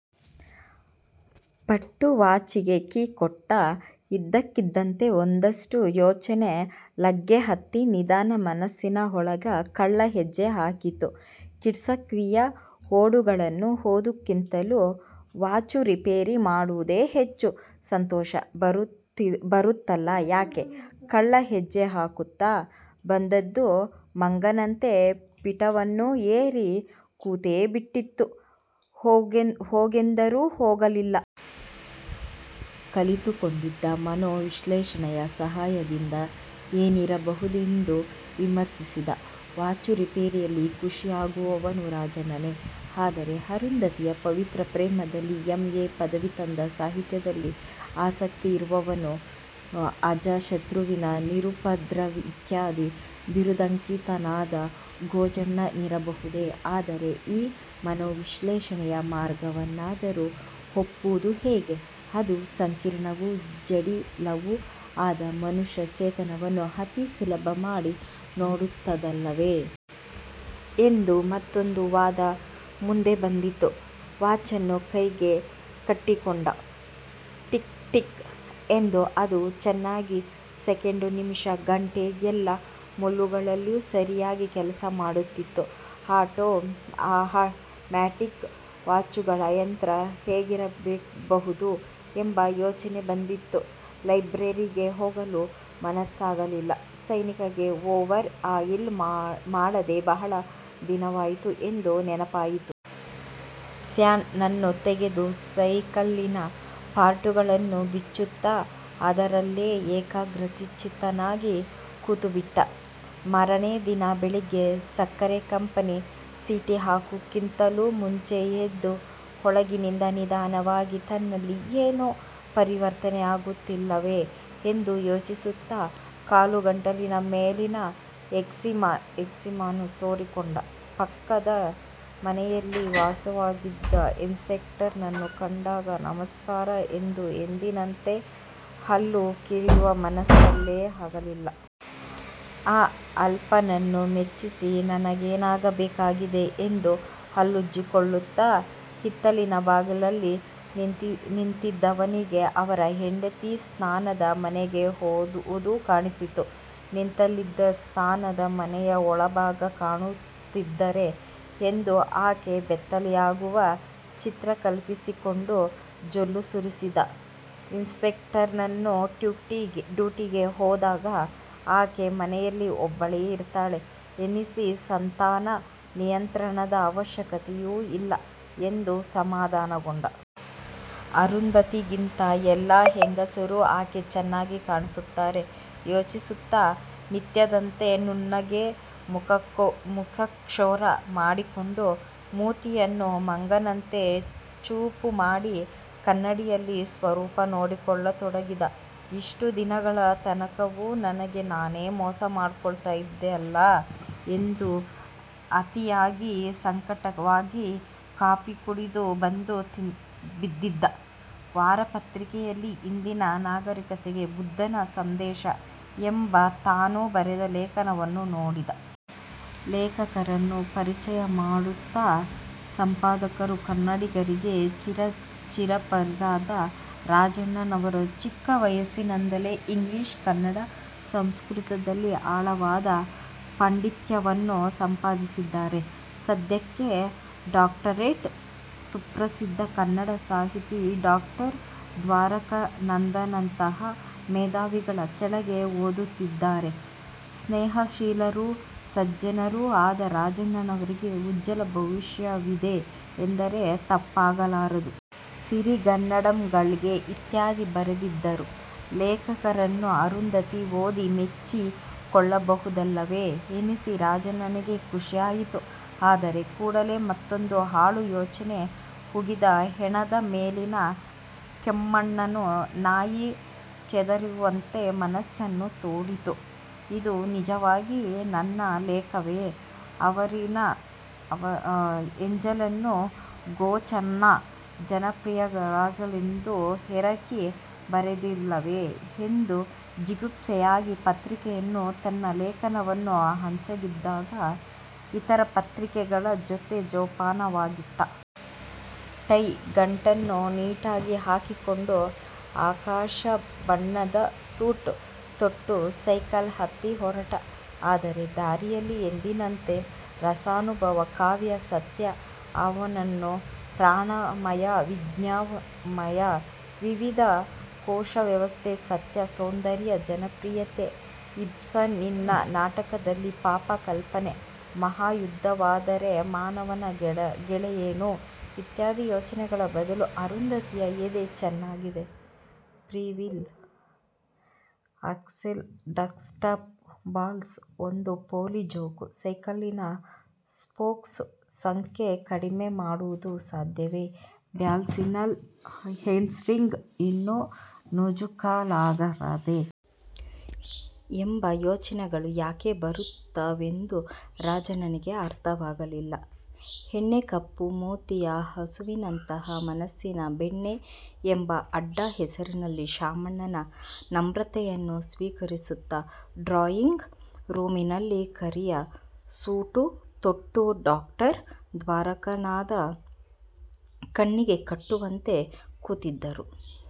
ಪಟ್ಟು ವಾಚಿಗೆ ಕೀ ಕೊಟ್ಟ. ಇದ್ದಕ್ಕಿದ್ದಂತೆ ಒಂದುದುಷ್ಟ ಯೋಚನೆ ಲಗ್ಗೆ ಹತ್ತಿ ನಿಧಾನ ಮನಸ್ಸಿನ ಒಳಗೆ ಕಳ್ಳ ಹೆಜ್ಜೆ ಹಾಕಿತು. "ಕೀಟ್ಸ್ಕವಿಯ 'ಓಡು'ಗಳನ್ನು ಓದುವುದಕ್ಕಿಂತಲೂ ವಾಚು ರಿಪೇರಿ ಮಾಡುವುದೇ ಹೆಚ್ಚು ಸಂತೋಷ ತರುತ್ತದಲ್ಲ, ಯಾಕೆ " ಕಳ್ಳ ಹೆಜ್ಜೆಹಾಕುತ್ತ ಬಂದುದು ಮಂಗನಂತೆ ಪೀಠವನ್ನೂ ಏರಿ ಕೂತೇಬಿಟ್ಟಿತು. ಹೋಗೆಂದರೂ ಹೋಗಲಿಲ್ಲ. ಕಲಿತುಕೊಂಡಿದ್ದ ಮನೋ ವಿಶ್ಲೇಷಣೆಯ ಸಹಾಯದಿಂದ ಏನಿರಬಹುದೆಂದು ವಿಮರ್ಶಿಸಿದ. "ವಾಚು ರಿಪೇರಿಯಲ್ಲಿ ಖುಷಿಯಾಗುವವನು ರಾಜಣ್ಣನೆ? ಆದರೆ ಅರುಂಧತಿಯ ಪವಿತ್ರ ಪ್ರೇಮದಲ್ಲಿ ಎಂ. ಎ. ಪದವಿ ತಂದ ಸಾಹಿತ್ಯದಲ್ಲಿ, ಆಸಕ್ತಿ ಇರುವವನು, ಅಜಾತಶತ್ರು, ನಿರುಪದ್ರವಿಇತ್ಯಾದಿ ಬಿರುದಾಂಕಿತನಾದ ಖೋಜಣ್ಣನಿರಬಹುದೆ?" ಆದರೆ ಈ ಮನೋವಿಶ್ಲೇಷಣೆಯ ಮಾರ್ಗವನ್ನಾದರೂ ಒಪ್ಪುವುದು ಹೇಗೆ? ಅದು ಸಂಕೀರ್ಣವೂ ಜಟಿಲವೂ ಆದ ಮನುಷ್ಯ ಚೇತನವನ್ನು ಅತಿ ಸುಲಭ ಮಾಡಿ ನೋಡುತ್ತದಲ್ಲವೆ? – ಎಂದು ಮತ್ತೊಂದು ವಾದ ಮುಂದೆ ಬಂದಿತು. ವಾಚನ್ನು ಕೈಗೆ ಕಟ್ಟಿಕೊಂಡ. 'ಟಿಕ್ ಟಿಕ್' ಎಂದು ಅದು ಚೆನ್ನಾಗಿ ಸೆಕೆಂಡು ನಿಮಿಷ ಗಂಟೆ ಎಲ್ಲ ಮುಳ್ಳುಗಳಲ್ಲೂ ಸರಿಯಾಗಿ ಕೆಲಸಮಾಡುತ್ತಿತ್ತು. ಆಟೋ ಮ್ಯಾಟಿಕ್ ವಾಚುಗಳ ಯಂತ್ರ ಹೇಗಿರಬಹುದು ಎಂಬ ಯೋಚನೆ ಬಂದಿತು. ಲೈಬ್ರರಿಗೆ ಹೋಗಲು ಮನಸ್ಸಾಗಲಿಲ್ಲ. ಸೈಕಲ್ಲಿಗೆ ಓವರ್ ಆಯಿಲ್ ಮಾಡದೆ ಬಹಳ ದಿನವಾಯಿತು ಎಂದು ನೆನಪಾಯಿತು. ಸ್ಪ್ಯಾನರನ್ನು ತೆಗೆದು ಸೈಕಲ್ಲಿನ ಪಾರ್ಟುಗಳನ್ನು ಬಿಚ್ಚುತ್ತ ಅದರಲ್ಲೆ ಏಕಾಗ್ರಚಿತ್ತನಾಗಿ ಕೂತುಬಿಟ್ಟ. ಮಾರನೆ ದಿನ ಬೆಳಿಗ್ಗೆ ಸಕ್ಕರೆ ಕಂಪೆನಿ ಸೀಟಿಹಾಕುವುದಕ್ಕಿಂತಲೂ ಮುಂಚೆ ಎದ್ದು ಒಳಗಿನಿಂದ ನಿಧಾನವಾಗಿ ತನ್ನಲ್ಲಿ ಏನೋ ಪರಿವರ್ತನೆಯಾಗುತ್ತಿದೆಯಲ್ಲವೇ ಎಂದು ಯೋಚಿಸುತ್ತ ಕಾಲುಗಂಟಿನ ಮೇಲಿನ ಎಕ್ಸಿಮಾವನ್ನು ತುರಿಸಿಕೊಂಡ. ಪಕ್ಕದ ಮನೆಯಲ್ಲಿ ವಾಸಿಸುತ್ತಿದ್ದ ಇನ್ಸ್ಪೆಕ್ಟರನ್ನು ಕಂಡಾಗ ನಮಸ್ಕಾರ ಎಂದು ಎಂದಿನಂತೆ ಹಲ್ಲು ಕಿರಿಯುವ ಮನಸ್ಸೇ ಆಗಲಿಲ್ಲ. ಆ ಅಲ್ಪನನ್ನು ಮೆಚ್ಚಿಸಿ ನನಗೇನಾಗಬೇಕಾಗಿದೆ ಎಂದು ಹಲ್ಲುಜ್ಜಿಕೊಳ್ಳುತ್ತ ಹಿತ್ತಿಲ ಬಾಗಲಲ್ಲಿ ನಿಂತಿದ್ದವನಿಗೆ ಅವರ ಹೆಂಡತಿ ಸ್ನಾನದ ಮನೆಗೆ ಹೋದುದು ಕಾಣಿಸಿತು. ನಿಂತಲ್ಲಿಂದಲೇ ಸ್ನಾನದ ಮನೆಯ ಒಳಭಾಗ ಕಾಣುವಂತಿದ್ದರೆ ಎಂದು ಆಕೆ ಬೆತ್ತಲೆಯಾಗುವ ಚಿತ್ರ ಕಲ್ಪಿಸಿಕೊಂಡು ಜೊಲ್ಲು ಸುರಿಸಿದ. ಇನ್ಸ್ಪೆಕ್ಟರರು ಡ್ಯೂಟಿಗೆ ಹೋದಾಗ ಆಕೆ ಮನೆಯಲ್ಲಿ ಒಬ್ಬಳೇ ಇರುತ್ತಾಳೆ ಎನ್ನಿಸಿ ಸಂತಾನ ನಿಯಂತ್ರಣದ ಅವಶ್ಯಕತೆಯೂ ಇಲ್ಲ ಎಂದು ಸಮಾಧಾನಗೊಂಡ. ಅರುಂಧತಿಗಿಂತ ಎಲ್ಲ ಹೆಂಗಸರೂ ಯಾಕೆ ಚೆನ್ನಾಗಿ ಕಾಣಿಸುತ್ತಾರೆಂದು ಯೋಚಿಸುತ್ತ ನಿತ್ಯದಂತೆ ನುಣ್ಣಗೆ ಮುಖಕ್ಷೌರ ಮಾಡಿಕೊಂಡು. ಮೂತಿಯನ್ನು ಮಂಗನಂತೆ ಚೂಪುಮಾಡಿ ಕನ್ನಡಿಯಲ್ಲಿ ಸ್ವರೂಪ ನೋಡಿಕೊಳ್ಳತೊಡಗಿದ ಇಷ್ಟು ದಿನಗಳ ತನಕವೂ ನನಗೆ ನಾನೇ ಮೋಸ ಮಾಡಿಕೊಂಡೆನಲ್ಲಾ ಎಂದು ಅತೀವವಾಗಿ ಸಂಕಟವಾಗಿ ಕಾಫಿ ಕುಡಿದು ಬಂದು ಬಿದ್ದಿದ್ದ ವಾರಪತ್ರಿಕೆಯಲ್ಲಿ 'ಇಂದಿನ ನಾಗರಿಕತೆಗೆ ಬುದ್ಧನ ಸಂದೇಸ' ಎಂಬ ತಾನು ಬರೆದ ಲೇಖನವನ್ನು ನೋಡಿದ. ಲೇಖಕರನ್ನು ಪರಿಚಯ ಮಾಡಿಕೊಡುತ್ತ ಸಂಪಾದಕರು, "ಕನ್ನಡಿಗರಿಗೆ ಚಿರಪರಿಚಿತರಾದ ರಾಜಣ್ಣನವರು ಚಿಕ್ಕ ವಯಸ್ಸಿನಲ್ಲಿಯೇ ಇಂಗ್ಲಿಷ್ ಕನ್ನಡ ಸಂಸ್ಕೃತಗಳಲ್ಲಿ ಆಳವಾದ ಪಾಂಡಿತ್ಯವನ್ನು ಸಂಪಾದಿಸಿದ್ದಾರೆ ಸದ್ಯಕ್ಕೆ ಡಾಕ್ಟರೇಟ್ಗೆ ಸುಪ್ರಸಿದ್ಧ ಕನ್ನಡ ಸಾಹಿತಿ ಡಾಕ್ಟರ್ ದ್ವಾರಕಾನಾಥರಂತಹ ಮೇಧಾವಿಗಳ ಕೆಳಗೆ ಓದುತ್ತಿದ್ದಾರೆ ಸ್ನೇಹಶೀಲರೂ ಸಜ್ಜನರೂ ಆದ ರಾಜಣ್ಣನವರಿಗೆ ಉಜ್ವಲ ಭವಿಷ್ಯವಿದೆ ಎಂದರೆ ತಪ್ಪಾಗಲಾರದು. ಸಿರಿಗನ್ನಡಂಗೆಲ್ಗೆ ' ಇತ್ಯಾದಿ ಬರೆದಿದ್ದರು. ಲೇಖನವನ್ನು ಅರುಂಧತಿ ಓದಿ ಮೆಚ್ಚಿ ಕೊಳ್ಳಬಹುದಲ್ಲವೆ ಎನ್ನಿಸಿ ರಾಜಣ್ಣನಿಗೆ ಖುಷಿಯಾಯಿತು. ಆದರೆ ಕೂಡಲೇ ಮತ್ತೊಂದು ಹಾಳು ಯೋಚನೆ ಹುಗಿದ ಹೆಣದ ಮೇಲಿನ ಕೆಮ್ಮಣ್ಣನ್ನು ನಾಯಿ ಕೆದರುವಂತೆ ಮನಸ್ಸನ್ನು ತೋಡಿತು. "ಇದು ನಿಜವಾಗಿ ನನ್ನ ಲೇಖನವೆ? ಅವರಿವರ ಎಂಜಲನ್ನು ಖೋಜಣ್ಣ ಜನಪ್ರಿಯವಾಗಲೆಂದು ಹೆರಕಿ ಬರೆದಿದ್ದಲ್ಲವೆ" ಎಂದು ಜಿಗುಪ್ಸೆಯಾಗಿ ಪತ್ರಿಕೆಯನ್ನು ತನ್ನ ಲೇಖನಗಳನ್ನು ಅಚ್ಚಾಗಿದ್ದ ಇತರ ಪತ್ರಿಕೆಗಳ ಜೊತೆ ಜೋಪಾನವಾಗಿಟ್ಟ. ಟೈ ಗಂಟನ್ನು ನೀಟಾಗಿ ಹಾಕಿಕೊಂಡು ಆಕಾಶಬಣ್ಣದ ಸೂಟ್ ತೊಟ್ಟು ಸೈಕಲ್ ಹತ್ತಿ ಹೊರಟ. ಆದರೆ ದಾರಿಯಲ್ಲಿ ಎಂದಿನಂತೆ "ರಸಾನುಭವ ಕಾವ್ಯ ಸತ್ಯ ಅನ್ನಮಯ ಪ್ರಾಣಮಯ ವಿಜ್ಞಾನಮಯ ವಿವಿಧ ಕೋಶಾವಸ್ಥೆ ಸತ್ಯ, ಸೌಂದರ್ಯ ಜನಪ್ರಿಯತೆ ಇಬ್ಸನ್ನಿನ ನಾಟಕಗಳಲ್ಲಿ ಪಾಪ ಕಲ್ಪನೆ, ಮಹಾಯುದ್ಧವಾದರೆ ಮಾನವನ ಗತಿಯೇನು? " ಇತ್ಯಾದಿ ಯೋಚನೆಗಳ ಬದಲು "ಅರುಂಧತಿಯ ಎದೆ ಚೆನ್ನಾಗಿದೆ – ಫ್ರಿವೀಲ್, ಆಕ್ಸೆಲ್, ಡಸ್ಟ್ಕ್ಯಾಪ್, ಬಾಲ್ಸ್, ಒಂದು ಪೋಲಿ ಜೋಕು, ಸೈಕಲ್ಲಿನ ಸ್ಪೋಕ್ಸ್ ಸಂಖ್ಯೆ ಕಡಿಮೆ ಮಾಡುವುದು ಸಾಧ್ಯವೆ; ಬ್ಯಾಲನ್ಸ್ವೀಲ್ ಹೇರ್ಸ್ಪ್ರಿಂಗ್ ಇನ್ನೂ ನೂಜೂಕಾಗಲಾರದೆ? " ಎಂಬ ಯೋಚನೆಗಳು ಯಾಕೆ ಬರುತ್ತಿದ್ದಾವೆಂದು ರಾಜಣ್ಣನಿಗೆ ಅರ್ಥವಾಗಲಿಲ್ಲ. ಎಣ್ಣೆಗಪ್ಪು ಮೂತಿಯ ಹಸುವಿನಂತಹ ಮನಸ್ಸಿನ 'ಬೆಣ್ಣೆ' ಎಂಬ ಅಡ್ಡ ಹೆಸರಿನ ಶಾಮಣ್ಣನ ನಮ್ರತೆಯನ್ನು ಸ್ವೀಕರಿಸುತ್ತ ಡ್ರಾಯಿಂಗ್ ರೂಮಿನಲ್ಲಿ ಕರಿಯ ಸೂಟು ತೊಟ್ಟು ಡಾಕ್ಟರ್ ದ್ವಾರಕನಾಥ ಕಣ್ಣಿಗೆ ಕಟ್ಟುವಂತೆ ಕೂತಿದ್ದರು.